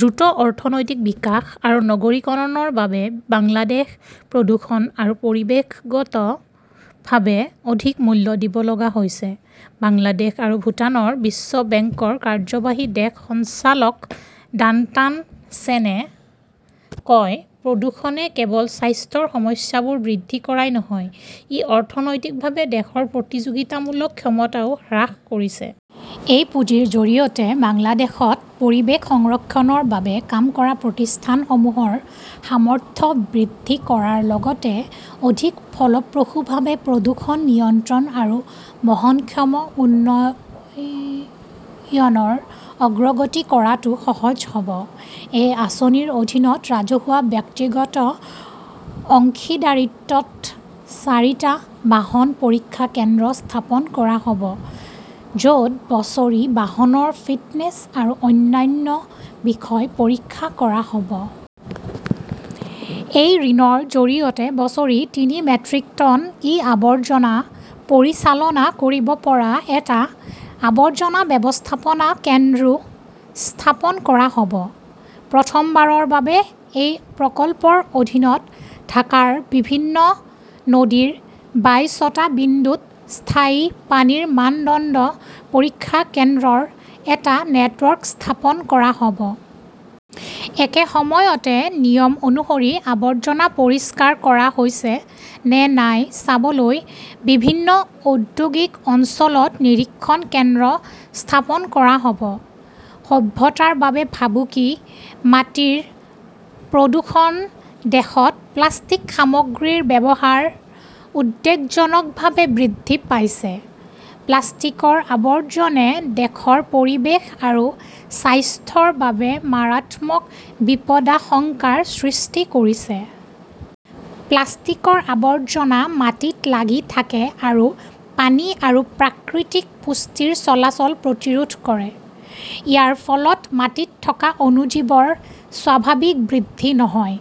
দ্ৰুত অৰ্থনৈতিক বিকাশ আৰু নগৰীকৰণৰ বাবে বাংলাদেশ প্ৰদূষণ আৰু পৰিৱেশগতভাৱে অধিক মূল্য দিব লগা হৈছে, বাংলাদেশ আৰু ভূটানৰ বিশ্ব বেংকৰ কাৰ্যবাহী দেশ সঞ্চালক ডাণ্ডান চেনে কয়। প্ৰদূষণে কেৱল স্বাস্থ্যৰ সমস্যাবোৰ বৃদ্ধি কৰাই নহয়, ই অৰ্থনৈতিকভাৱে দেশৰ প্ৰতিযোগিতামূলক ক্ষমতাও হ্ৰাস কৰিছে। এই পুঁজিৰ জৰিয়তে বাংলাদেশত পৰিৱেশ সংৰক্ষণৰ বাবে কাম কৰা প্ৰতিষ্ঠানসমূহৰ সামৰ্থ্য বৃদ্ধি কৰাৰ লগতে অধিক ফলপ্ৰসূভাৱে প্ৰদূষণ নিয়ন্ত্ৰণ আৰু বহনক্ষম উন্নয়নৰ অগ্ৰগতি কৰাটো সহজ হ'ব। এই আঁচনিৰ অধীনত ৰাজহুৱা, ব্যক্তিগত অংশীদাৰিত্বত চাৰিটা বাহন পৰীক্ষা কেন্দ্ৰ স্থাপন কৰা হ'ব, য'ত বছৰি বাহনৰ ফিটনেছ আৰু অন্যান্য বিষয় পৰীক্ষা কৰা হ'ব। এই ঋণৰ জৰিয়তে বছৰি তিনি মেট্ৰিক টন ই-আৱৰ্জনা পৰিচালনা কৰিব পৰা এটা আৱৰ্জনা ব্যৱস্থাপনা কেন্দ্ৰো স্থাপন কৰা হ'ব। প্ৰথমবাৰৰ বাবে এই প্ৰকল্পৰ অধীনত ঢাকাৰ বিভিন্ন নদীৰ বাইছটা বিন্দুত স্থায়ী পানীৰ মানদণ্ড পৰীক্ষা কেন্দ্ৰৰ এটা নেটৱৰ্ক স্থাপন কৰা হ ব। একে সময়তে, নিয়ম অনুসৰি আৱৰ্জনা পৰিষ্কাৰ কৰা হৈছে নে নাই চাবলৈ বিভিন্ন ঔদ্যোগিক অঞ্চলত নিৰীক্ষণ কেন্দ্ৰ স্থাপন কৰা হ'ব। সভ্যতাৰ বাবে ভাবুকি মাটিৰ প্ৰদূষণ দেশত প্লাষ্টিক সামগ্ৰীৰ ব্যৱহাৰ উদ্বেগজনকভাৱে বৃদ্ধি পাইছে। প্লাষ্টিকৰ আৱৰ্জনে দেশৰ পৰিৱেশ আৰু স্বাস্থ্যৰ বাবে মাৰাত্মক বিপদাশংকাৰ সৃষ্টি কৰিছে। প্লাষ্টিকৰ আৱৰ্জনা মাটিত লাগি থাকে আৰু পানী আৰু প্ৰাকৃতিক পুষ্টিৰ চলাচল প্ৰতিৰোধ কৰে। ইয়াৰ ফলত মাটিত থকা অণুজীৱৰ স্বাভাৱিক বৃদ্ধি নহয়,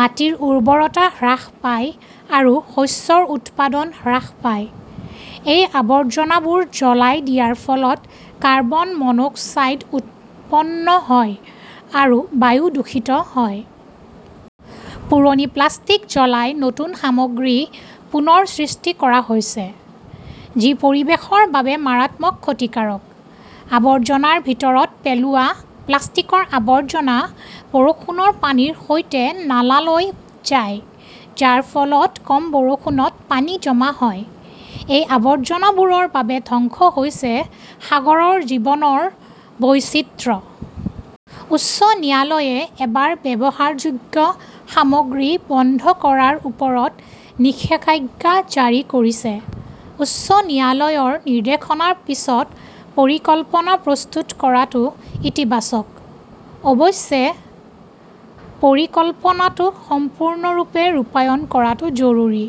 মাটিৰ উৰ্বৰতা হ্ৰাস পায় আৰু শস্যৰ উৎপাদন হ্ৰাস পায়। এই আৱৰ্জনাবোৰ জ্বলাই দিয়াৰ ফলত কাৰ্বন-মনোক্সাইড উৎপন্ন হয় আৰু বায়ু দূষিত হয়। পুৰণি প্লাষ্টিক জ্বলাই নতুন সামগ্ৰী পুনৰ সৃষ্টি কৰা হৈছে, যি পৰিৱেশৰ বাবে মাৰাত্মক ক্ষতিকাৰক। আৱৰ্জনাৰ ভিতৰত পেলোৱা প্লাষ্টিকৰ আৱৰ্জনা বৰষুণৰ পানীৰ সৈতে নালালৈ যায়, যাৰ ফলত কম বৰষুণত পানী জমা হয়। এই আৱৰ্জনাবোৰৰ বাবে ধ্বংস হৈছে সাগৰৰ জীৱনৰ বৈচিত্ৰ্য। উচ্চ ন্যায়ালয়ে এবাৰ ব্যৱহাৰযোগ্য সামগ্ৰী বন্ধ কৰাৰ ওপৰত নিষেধাজ্ঞা জাৰি কৰিছে। উচ্চ ন্যায়ালয়ৰ নিৰ্দেশনাৰ পিছত পৰিকল্পনা প্ৰস্তুত কৰাটো ইতিবাচক। অৱশ্যে, পৰিকল্পনাটো সম্পূৰ্ণৰূপে ৰূপায়ণ কৰাটো জৰুৰী।